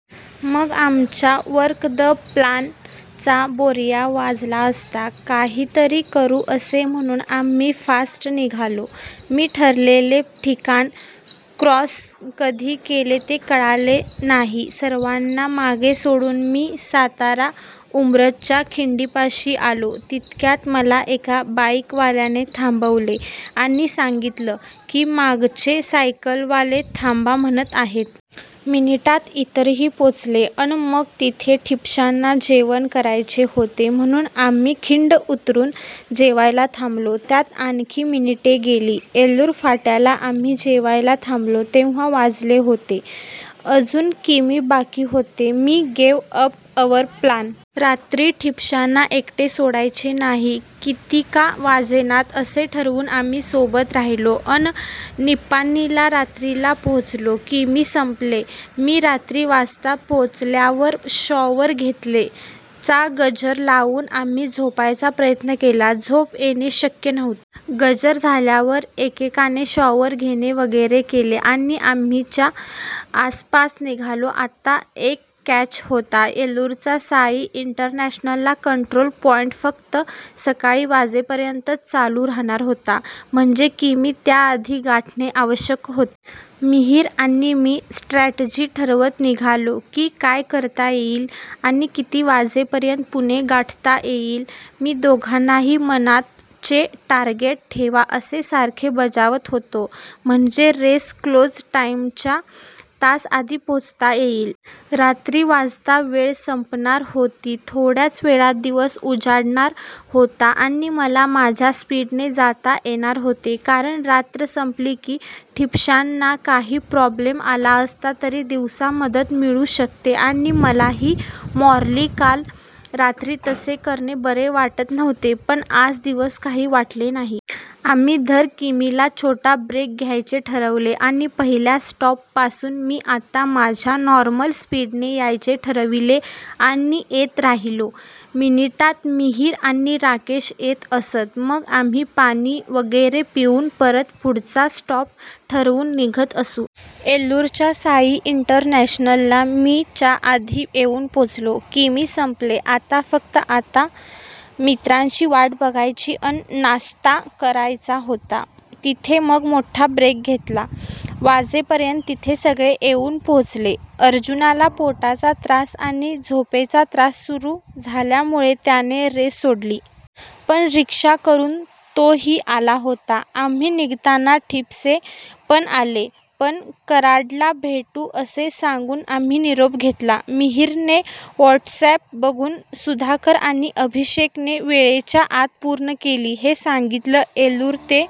मग आमच्या "work the plan" चा बोर्या वाजला असता. काही तरी करू असे म्हणून आम्ही फास्ट निघालो. मी ठरलेले ठिकाण क्रॉस कधी केले ते कळाले नाही, सर्वांना मागे सोडून मी सातारा उंब्रजच्या खिंडीपाशी आलो तितक्यात मला एका बाईक वाल्याने थांबवले व सांगीतलं की मागचे सायकलवाले थांबा म्हणत आहेत. मिनिटात इतरही पोचले अन मग तिथे ठिपश्यांना जेवण करायचे होते म्हणून आम्ही खिंड उतरून जेवायला थांबलो. त्यात आणखी मिनिटे गेली. येलूर फाट्याला आम्ही जेवायला थांबलो तेंव्हा वाजले होते. अजून किमी बाकी होते. We gave up our plan! रात्री ठिपश्यांना एकटे सोडायचे नाही, कितीका वाजेनात असे ठरवून आम्ही सोबत राहिलो अन निप्पानीला रात्री ला पोचलो. किमी संपले!! मी रात्री वाजता पोचल्यावर शॉवर घेतले. चा गजर लावून आम्ही झोपायचा प्रयत्न केला. झोप येणे शक्य नव्हते. गजर झाल्यावर एकेकाने शॉवर घेणे वगैरे केले आणि आम्ही च्या आसपास निघालो. आता एक कॅच होता. येलूरचा साई इंटरनॅशनला कंट्रोल पॉईंट फक्त सकाळी वाजेपर्यंतच चालू राहणार होता. म्हणजे किमी त्या आधी गाठणे आवश्यक होते. मिहिर आणि मी स्ट्रॅटजी ठरवत निघालो की काय करता येईल आणि किती वाजेपर्यंत पुणे गाठता येईल. मी दोघांनाही मनात चे टारगेट ठेवा असे सारखे बजावत होतो. म्हणजे रेस क्लोज टाईमच्या तास आधी पोचता येईल. रात्री वाजता वेळ संपणार होती. थोड्याच वेळात दिवस उजाडणारा होता. आणि मला माझ्या स्पीडने जाता येणार होते. कारण रात्र संपली की ठिपश्यांना काही प्रॉब्लेम आला असता तरी दिवसा मदत मिळू शकते आणि मलाही मॉरली काल रात्री तसे करणे बरे वाटत नव्हते, पण आज दिवस काही वाटले नाही. आम्ही दर किमीला छोटा ब्रेक घ्यायचे ठरवले. आणि पहिल्या स्टॉप पासून मी आता माझ्या नॉर्मल स्पीडने यायचे ठरविले आणि येत राहिलो. मिनिटात मिहिर आणि राकेश येत असत. मग आम्ही पाणी वगैरे पिऊन परत पुढचा स्टॉप ठरवून निघत असू. येलूरच्या साई इंटरनॅशनलला मी च्या आधी येऊन पोचलो. किमी संपले. आता फक्त! आता मित्रांची वाट बघायची अन नाश्ता करायचा होता. तिथे मग मोठ्ठा ब्रेक घेतला वाजे पर्यंत तिथे सगळे येऊन पोचले. अर्जुनाला पोटाचा त्रास आणि झोपेचा त्रास सुरू झाल्यामुळे त्याने रेस सोडली. पण रिक्षा करून तो ही आला होता. आम्ही निघताना ठिपसे पण आले. पण कराड्ला भेटू असे सांगून आम्ही निरोप घेतला. मिहिरने वॉटसअॅप बघून सुधाकर आणि अभिषेकने वेळेच्या आत पूर्ण केली हे सांगीतलं! येलूर ते